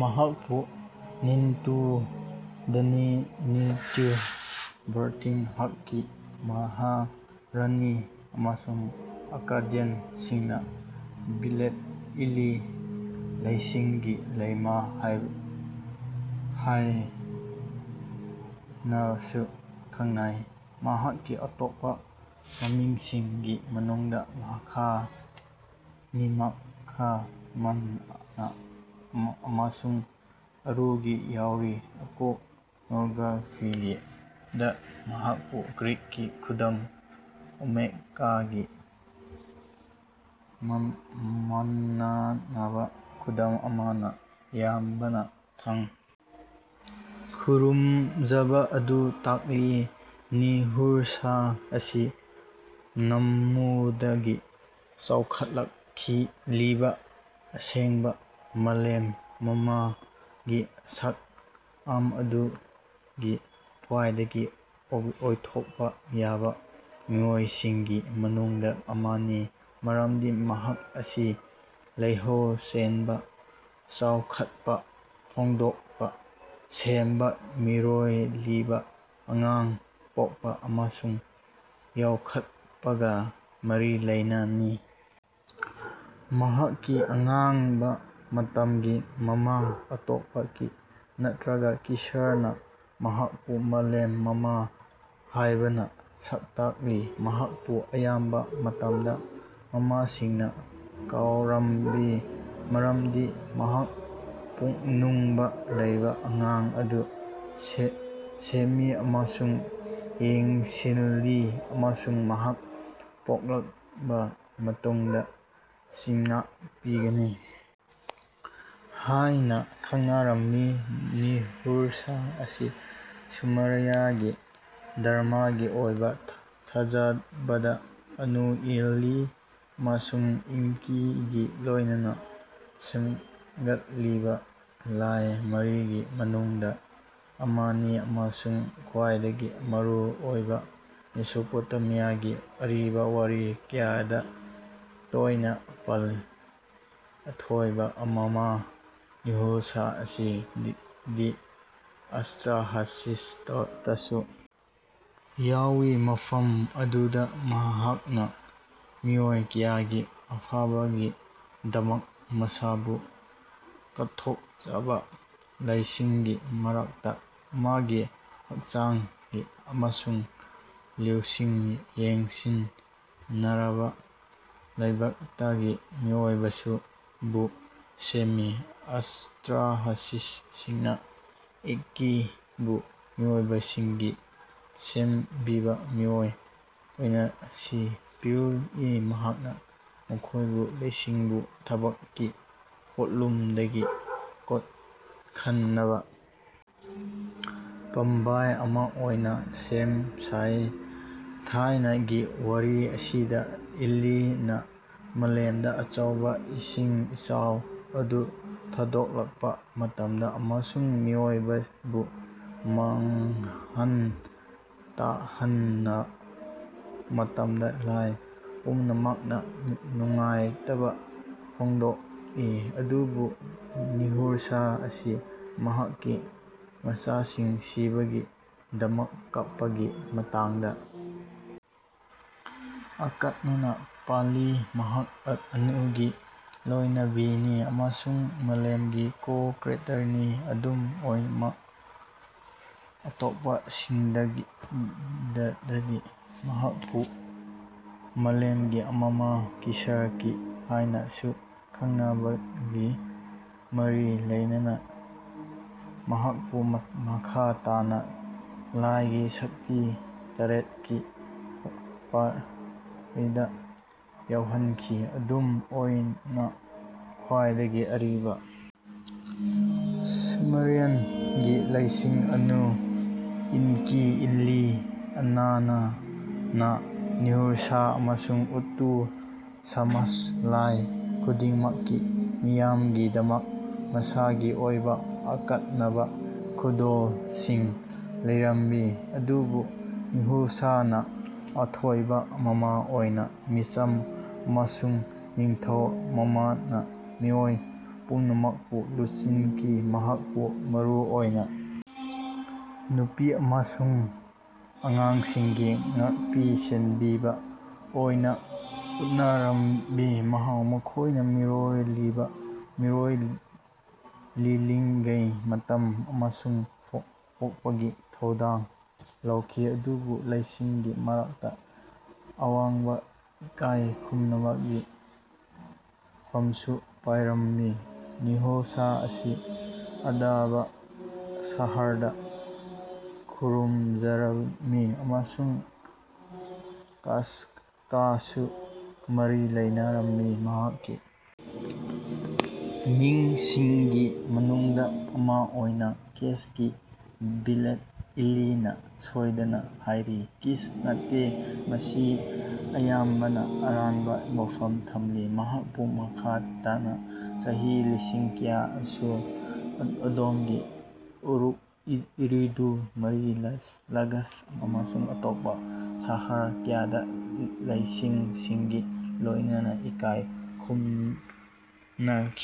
ꯃꯍꯥꯛꯄꯨ ꯅꯤꯟꯇꯨꯗꯅꯤꯟꯇꯨꯔ ꯕꯤꯔꯊꯤꯡ ꯍꯠꯀꯤ ꯃꯍꯥꯔꯥꯅꯤ ꯑꯃꯁꯨꯡ ꯑꯛꯀꯥꯗꯤꯌꯟꯁꯤꯡꯅ ꯕꯦꯂꯦꯠ ꯏꯂꯤ ꯂꯥꯏꯁꯤꯡꯒꯤ ꯂꯩꯃ ꯍꯥꯏ ꯍꯥꯏ ꯍꯥꯏꯅꯁꯨ ꯈꯪꯅꯩ꯫ ꯃꯍꯥꯛꯀꯤ ꯑꯇꯣꯞꯄ ꯃꯃꯤꯡꯁꯤꯡꯒꯤ ꯃꯅꯨꯡꯗ ꯃꯈ ꯅꯤꯟꯃꯥꯈ ꯃꯝꯃꯥ ꯑꯃꯁꯨꯡ ꯑꯔꯨꯔꯨ ꯌꯥꯎꯔꯤ꯫ ꯑꯥꯏꯀꯣꯅꯣꯒ꯭ꯔꯥꯐꯤꯗ ꯃꯍꯥꯛꯄꯨ ꯒ꯭ꯔꯤꯛꯀꯤ ꯈꯨꯗꯝ ꯑꯣꯃꯦꯒꯥꯒꯤ ꯃꯥꯟꯅꯕ ꯈꯨꯗꯝ ꯑꯃꯅ ꯑꯌꯥꯝꯕꯅ ꯊꯥꯡ ꯈꯨꯔꯨꯝꯖꯕ ꯑꯗꯨ ꯇꯥꯛꯂꯤ꯫ ꯅꯤꯟꯍꯨꯔꯁꯥꯒ ꯑꯁꯤ ꯅꯥꯝꯃꯨꯗꯒꯤ ꯆꯥꯎꯈꯠꯂꯛꯂꯤꯕ ꯑꯁꯦꯡꯕ ꯃꯥꯂꯦꯝ ꯃꯃꯥꯒꯤ ꯁꯛꯑꯝ ꯑꯗꯨꯒꯤ ꯈ꯭ꯋꯥꯏꯗꯒꯤ ꯑꯣꯏꯊꯣꯛꯄ ꯌꯥꯕ ꯃꯤꯑꯣꯏꯁꯤꯡꯒꯤ ꯃꯅꯨꯡꯗ ꯑꯃꯅꯤ ꯃꯔꯝꯗꯤ ꯃꯍꯥꯛ ꯑꯁꯤ ꯂꯩꯍꯥꯎ ꯆꯦꯟꯕ ꯆꯥꯎꯈꯠꯄ ꯍꯣꯡꯗꯣꯛꯄ ꯁꯦꯝꯕ ꯃꯤꯔꯣꯜꯂꯤꯕ ꯑꯉꯥꯡ ꯄꯣꯛꯄ ꯑꯃꯁꯨꯡ ꯌꯣꯛꯈꯠꯄꯒ ꯃꯔꯤ ꯂꯩꯅꯩ꯫ ꯃꯍꯥꯛꯀꯤ ꯑꯉꯟꯕ ꯃꯇꯝꯒꯤ ꯃꯃꯤꯡ ꯑꯇꯣꯞꯄ ꯀꯤ ꯅꯠꯇ꯭ꯔꯒ ꯀꯤꯁꯥꯔꯅ ꯃꯍꯥꯛꯄꯨ ꯃꯥꯂꯦꯝ ꯃꯃꯥ ꯍꯥꯏꯅ ꯁꯛꯇꯥꯛꯂꯤ꯫ ꯃꯍꯥꯛꯄꯨ ꯑꯌꯥꯝꯕ ꯃꯇꯝꯗ ꯃꯃꯥꯁꯤꯡꯅ ꯀꯧꯔꯝꯃꯤ ꯃꯔꯝꯗꯤ ꯃꯍꯥꯛ ꯄꯨꯛꯅꯨꯡꯗ ꯂꯩꯕ ꯑꯉꯥꯡ ꯑꯗꯨ ꯁꯦꯝꯃꯤ ꯑꯃꯁꯨꯡ ꯌꯦꯡꯁꯤꯜꯂꯤ ꯑꯃꯁꯨꯡ ꯃꯍꯥꯛ ꯄꯣꯛꯂꯕ ꯃꯇꯨꯡꯗ ꯆꯤꯟꯖꯥꯛ ꯄꯤꯒꯅꯤ ꯍꯥꯏꯅ ꯈꯟꯅꯔꯝꯃꯤ꯫ ꯅꯤꯟꯍꯨꯔꯁꯥꯒ ꯑꯁꯤ ꯁꯨꯃꯦꯔꯤꯌꯥꯒꯤ ꯙꯔꯃꯒꯤ ꯑꯣꯏꯕ ꯊꯥꯖꯕꯗ ꯑꯅꯨ ꯑꯦꯟꯂꯤꯜ ꯑꯃꯁꯨꯡ ꯑꯦꯟꯀꯤꯒ ꯂꯣꯏꯅꯅ ꯁꯦꯝꯒꯠꯂꯤꯕ ꯂꯥꯏ ꯃꯔꯤꯒꯤ ꯃꯅꯨꯡꯗ ꯑꯃꯅꯤ ꯑꯃꯁꯨꯡ ꯈ꯭ꯋꯥꯏꯗꯒꯤ ꯃꯔꯨꯑꯣꯏꯕ ꯃꯦꯁꯣꯄꯣꯇꯦꯃꯤꯌꯥꯒꯤ ꯑꯔꯤꯕ ꯋꯥꯔꯤ ꯀꯌꯥꯗ ꯇꯣꯏꯅ ꯄꯜꯂꯤ꯫ ꯑꯊꯣꯏꯕ ꯃꯃꯥ ꯅꯤꯟꯍꯨꯔꯁꯥꯒ ꯑꯁꯤ ꯗꯤ ꯑꯇ꯭ꯔꯥꯍꯥꯁꯤꯁꯇꯁꯨ ꯌꯥꯎꯏ ꯃꯐꯝ ꯑꯗꯨꯗ ꯃꯍꯥꯛꯅ ꯃꯤꯑꯣꯏ ꯀꯌꯥꯒꯤ ꯑꯐꯕꯒꯤꯗꯃꯛ ꯃꯁꯥꯕꯨ ꯀꯠꯊꯣꯛꯆꯕ ꯂꯥꯏꯁꯤꯡꯒꯤ ꯃꯔꯛꯇ ꯑꯃꯒꯤ ꯍꯛꯆꯥꯡ ꯏ ꯑꯃꯁꯨꯡ ꯂꯧꯁꯤꯡ ꯌꯥꯟꯁꯤꯟꯅꯔꯕ ꯂꯩꯕꯥꯛꯇꯒꯤ ꯃꯤꯑꯣꯏꯕꯕꯨ ꯁꯦꯝꯃꯤ꯫ ꯑꯇ꯭ꯔꯍꯥꯁꯤꯁꯤꯡꯅ ꯑꯦꯟꯀꯤꯕꯨ ꯃꯤꯑꯣꯏꯕꯁꯤꯡꯒꯤ ꯁꯦꯝꯕꯤꯕ ꯃꯤꯑꯣꯏ ꯑꯣꯏꯅꯁꯨ ꯄꯤꯔꯤ ꯃꯍꯥꯛꯅ ꯃꯈꯣꯏꯕꯨ ꯂꯥꯏꯁꯤꯡꯕꯨ ꯊꯥꯕꯛꯀꯤ ꯄꯣꯠꯂꯨꯝꯗꯒꯤ ꯀꯣꯛꯍꯟꯅꯕ ꯄꯥꯝꯕꯩ ꯑꯃ ꯑꯣꯏꯅ ꯁꯦꯝ ꯁꯥꯏ꯫ ꯊꯥꯏꯅꯒꯤ ꯋꯥꯔꯤ ꯑꯁꯤꯗ ꯑꯦꯟꯂꯤꯜꯅ ꯃꯥꯂꯦꯝꯗ ꯑꯆꯧꯕ ꯏꯁꯤꯡ ꯏꯆꯥꯎ ꯑꯗꯨ ꯊꯥꯗꯣꯛꯂꯛꯄ ꯃꯇꯝꯗ ꯑꯃꯁꯨꯡ ꯃꯤꯑꯣꯏꯕꯕꯨ ꯃꯥꯡꯍꯟ ꯇꯥꯛꯍꯟꯕ ꯃꯇꯝꯗ ꯂꯥꯏ ꯄꯨꯝꯅꯃꯛꯅ ꯅꯨꯡꯉꯥꯏꯇꯕ ꯐꯣꯡꯗꯣꯛꯏ ꯑꯗꯨꯕꯨ ꯅꯤꯟꯍꯨꯔꯁꯥꯒ ꯑꯁꯤ ꯃꯍꯥꯛꯀꯤ ꯃꯆꯥꯁꯤꯡ ꯁꯤꯕꯒꯤꯗꯃꯛ ꯀꯞꯄꯒꯤ ꯃꯇꯥꯡꯗ ꯑꯀꯛꯅꯅ ꯄꯜꯂꯤ꯫ ꯃꯍꯥꯛ ꯑꯅꯨꯒꯤ ꯂꯣꯏꯅꯕꯤꯅꯤ ꯑꯃꯁꯨꯡ ꯃꯥꯂꯦꯝꯒꯤ ꯀꯣ ꯀ꯭ꯔꯤꯌꯦꯇꯔꯅꯤ꯫ ꯑꯗꯨꯝ ꯑꯣꯏꯅꯃꯛ ꯑꯇꯣꯞꯄꯁꯤꯡꯗꯗꯤ ꯃꯍꯥꯛꯄꯨ ꯃꯥꯂꯦꯝꯒꯤ ꯃꯃꯥ ꯀꯤꯁꯥꯔ ꯀꯤ ꯍꯥꯏꯅꯁꯨ ꯈꯪꯅꯕꯒ ꯃꯔꯤ ꯂꯩꯅꯩ꯫ ꯃꯍꯥꯛꯄꯨ ꯃꯈꯥ ꯇꯥꯅ ꯂꯥꯏꯒꯤ ꯁꯛꯇꯤ ꯇꯔꯦꯠꯀꯤ ꯄꯔꯤꯡꯗ ꯌꯥꯎꯍꯟꯈꯤ ꯑꯗꯨꯝ ꯑꯣꯏꯅꯃꯛ ꯈ꯭ꯋꯥꯏꯗꯒꯤ ꯑꯔꯤꯕ ꯁꯨꯃꯦꯔꯤꯌꯟꯒꯤ ꯂꯥꯏꯁꯤꯡ ꯑꯅꯨ ꯑꯦꯟꯀꯤ ꯑꯦꯟꯂꯤꯜ ꯏꯅꯥꯟꯅꯥ ꯅꯤꯟꯍꯨꯔꯁꯥꯒ ꯑꯃꯁꯨꯡ ꯎꯇꯨ ꯁꯃꯥꯁ꯫ ꯂꯥꯏ ꯈꯨꯗꯤꯡꯃꯛꯀꯤ ꯃꯤꯌꯥꯝꯒꯤꯗꯃꯛ ꯃꯁꯥꯒꯤ ꯑꯣꯏꯕ ꯑꯀꯛꯅꯕ ꯈꯨꯗꯣꯜꯁꯤꯡ ꯂꯩꯔꯝꯃꯤ ꯑꯗꯨꯕꯨ ꯅꯤꯟꯍꯨꯔꯁꯥꯒꯅ ꯑꯊꯣꯏꯕ ꯃꯃꯥ ꯑꯣꯏꯅ ꯃꯤꯆꯝ ꯑꯃꯁꯨꯡ ꯅꯤꯡꯊꯧ ꯃꯥꯟꯅꯅ ꯃꯤꯑꯣꯏ ꯄꯨꯝꯅꯃꯛꯄꯨ ꯂꯨꯆꯤꯡꯈꯤ꯫ ꯃꯍꯥꯛꯄꯨ ꯃꯔꯨ ꯑꯣꯏꯅ ꯅꯨꯄꯤ ꯑꯃꯁꯨꯡ ꯑꯉꯥꯡꯁꯤꯡꯒꯤ ꯉꯥꯛꯄꯤ ꯁꯦꯟꯕꯤꯕ ꯑꯣꯏꯅ ꯎꯅꯔꯝꯃꯤ ꯃꯈꯣꯏꯅ ꯃꯤꯔꯣꯜꯂꯤꯕ ꯃꯤꯔꯣꯜꯂꯤꯉꯩ ꯃꯇꯝ ꯑꯃꯁꯨꯡ ꯄꯣꯛꯄꯒꯤ ꯊꯧꯗꯥꯡ ꯂꯧꯈꯤ ꯑꯗꯨꯕꯨ ꯂꯥꯏꯁꯤꯡꯒꯤ ꯃꯔꯛꯇ ꯑꯋꯥꯡꯕ ꯏꯀꯥꯏ ꯈꯨꯝꯅꯕꯒꯤ ꯐꯝꯁꯨ ꯄꯥꯏꯔꯝꯃꯤ꯫ ꯅꯤꯟꯍꯨꯔꯁꯥꯒ ꯑꯁꯤ ꯑꯗꯥꯕ ꯁꯍꯔꯗ ꯈꯨꯔꯨꯝꯖꯔꯝꯃꯤ ꯑꯃꯁꯨꯡ ꯀꯦꯁꯀꯁꯨ ꯃꯔꯤ ꯂꯩꯅꯔꯝꯃꯤ ꯃꯍꯥꯛꯀꯤ ꯃꯤꯡꯁꯤꯡꯒꯤ ꯃꯅꯨꯡꯗ ꯑꯃ ꯑꯣꯏꯅ ꯀꯦꯁꯀꯤ ꯕꯦꯂꯦꯠ ꯏꯂꯤꯅ ꯁꯣꯏꯗꯅ ꯍꯥꯏꯔꯤ ꯀꯤꯁ ꯅꯠꯇꯦ ꯃꯁꯤ ꯑꯌꯥꯝꯕꯅ ꯑꯔꯥꯟꯕ ꯋꯥꯐꯝ ꯊꯝꯂꯤ꯫ ꯃꯍꯥꯛꯄꯨ ꯃꯈꯥ ꯇꯥꯅ ꯆꯍꯤ ꯂꯤꯁꯤꯡ ꯀꯌꯥ ꯑꯁꯨꯔ ꯑꯗꯣꯝꯒꯤ ꯎꯔꯨꯛ ꯑꯦꯔꯤꯗꯨ ꯃꯥꯔꯤ ꯂꯒꯥꯁ ꯑꯃꯁꯨꯡ ꯑꯇꯣꯞꯄ ꯁꯍꯔ ꯀꯌꯥꯗ ꯂꯥꯏꯁꯪꯁꯤꯡꯒ ꯂꯣꯏꯅꯅ ꯏꯀꯥꯏ ꯈꯨꯝꯅꯈꯤ꯫